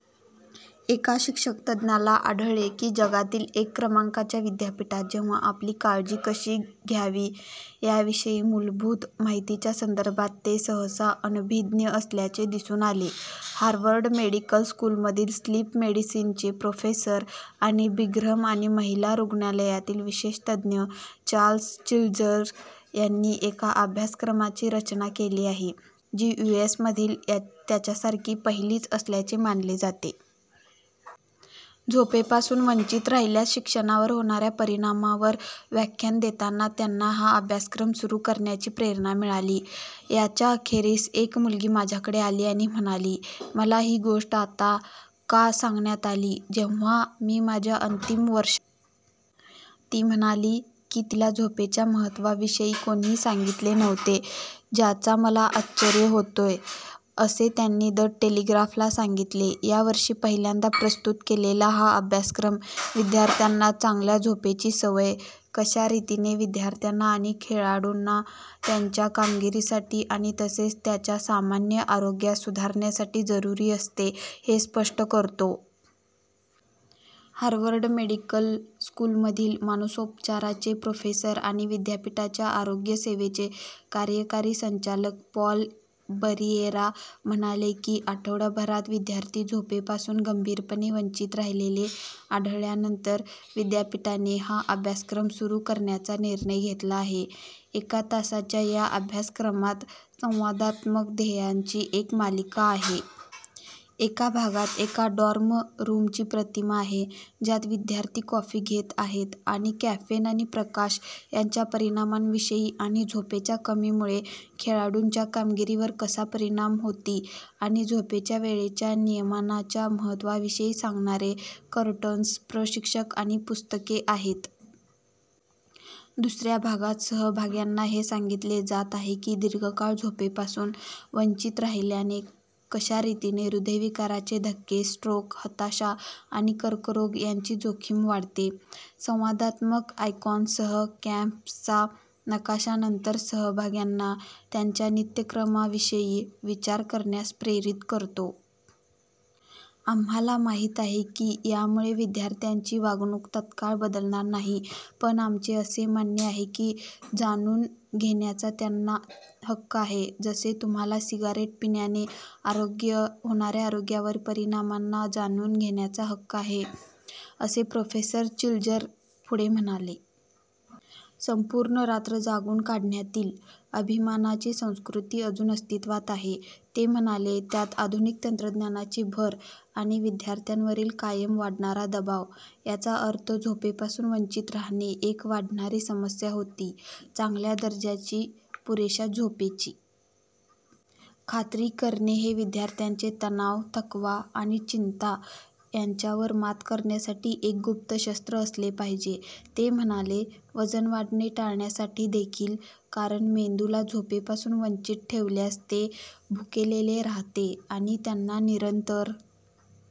एका शिक्षणतज्ज्ञाला आढळले की जगातील एक क्रमांकाच्या विद्यापीठात जेव्हा आपली काळजी कशी घ्यावी याविषयी मुलभूत माहितीच्या संदर्भात ते सहसा अनभिज्ञ असल्याचे दिसून आले. हार्वर्ड मेडिकल स्कूलमधील स्लीप मेडिसिनचे प्रोफेसर आणि ब्रिघम आणि महिला रुग्णालयातील विशेषज्ञ चार्ल्स चिज्लर यांनी एका अभ्यासक्रमाची रचना केली आहे, जी यूएसमधील त्याच्यासारखी पहिलीच असल्याचे मानले जाते. झोपेपासून वंचित राहिल्यास शिक्षणावर होणाऱ्या परिणामावर व्याख्यान देताना त्यांना हा अभ्यासक्रम सुरु करण्याची प्रेरणा मिळाली. 'याच्या अखेरीस एक मुलगी माझ्याकडे आली आणि म्हणाली: 'मला ही गोष्ट आत्ता का सांगण्यात आली, जेव्हा मी माझ्या अंतिम वर्षात आहे? ती म्हणाली की तिला झोपेच्या महत्त्वाविषयी कोणीही सांगितले नव्हते – ज्याचा मला आश्चर्य होतो,' असे त्यांनी द टेलिग्राफला सांगितले. या वर्षी पहिल्यांदा प्रस्तुत केलेला हा अभ्यासक्रम, विद्यार्थ्यांना चांगल्या झोपेची सवय कशा रीतीने विद्यार्थ्यांना आणि खेळाडूंना त्यांच्या कामगिरीसाठी आणि तसेच त्याच्या सामान्य आरोग्यास सुधारण्यासाठी जरुरी असते, हे स्पष्ट करतो. हार्वर्ड मेडिकल स्कूलमधील मानसोपचाराचे प्रोफेसर आणि विद्यापीठाच्या आरोग्य सेवेचे कार्यकारी संचालक पॉल बरिएरा म्हणाले की आठवडाभरात विद्यार्थी झोपेपासून गंभीरपणे वंचित राहिलेले आढळल्यानंतर विद्यापीठाने हा अभ्यासक्रम सुरु करण्याचा निर्णय घेतला आहे. एका तासाच्या या अभ्यासक्रमात संवादात्मक ध्येयांची एक मालिका आहे. एका भागात एका डॉर्म रूमची प्रतिमा आहे, ज्यात विद्यार्थी कॉफी घेत आहेत, आणि कॅफेन आणि प्रकाश यांच्या परिणामांविषयी आणि झोपेच्या कमीमुळे खेळाडूंच्या कामगिरीवर कसा परिणाम होती आणि झोपेच्या वेळेच्या नियमनाच्या महत्त्वाविषयी सांगणारे कर्टन्स, प्रशिक्षक आणि पुस्तके आहेत. दुसऱ्या भागात सहभाग्यांना हे सांगितले जात आहे की दीर्घकाळ झोपेपासून वंचित राहिल्याने कशा रीतीने हृदयविकाराचे धक्के, स्ट्रोक, हताशा आणि कर्करोग यांची जोखीम वाढते. संवादात्मक आयकॉन्ससह कॅम्पसचा नकाशा नंतर सहभाग्यांना त्यांच्या नित्यक्रमाविषयी विचार करण्यास प्रेरित करतो. "आम्हाला माहित आहे की यामुळे विद्यार्थ्यांची वागणूक तत्काळ बदलणार नाही. पण आमचे असे मानणे आहे की जाणून घेण्याचा त्यांना हक्क आहे – जसे तुम्हाला सिगारेट पिण्याने होणाऱ्या आरोग्यावरी परिणामांना जाणून घेण्याचा हक्क आहे,' असे प्रोफेसर चिज्लर पुढे म्हणाले. 'संपूर्ण रात्र जागून काढण्यातील' अभिमानाची संस्कृती अजून अस्तित्वात आहे, ते म्हणाले, त्यात आधुनिक तंत्रज्ञानाची भर आणि विद्यार्थ्यांवरील कायम वाढणारा दबाव, याचा अर्थ झोपेपासून वंचित राहणे एक वाढणारी समस्या होती. चांगल्या दर्जाची, पुरेशा झोपेची खात्री करणे हे विद्यार्थ्याचे तणाव, थकवा आणि चिंता यांच्यावर मात करण्यासाठी एक गुप्त शस्त्र असले पाहिजे, ते म्हणाले – वजन वाढणे टाळण्यासाठी देखील, कारण मेंदूला झोपेपासून वंचित ठेवल्यास ते भुकेलेले राहते आणि त्यांना निरंतर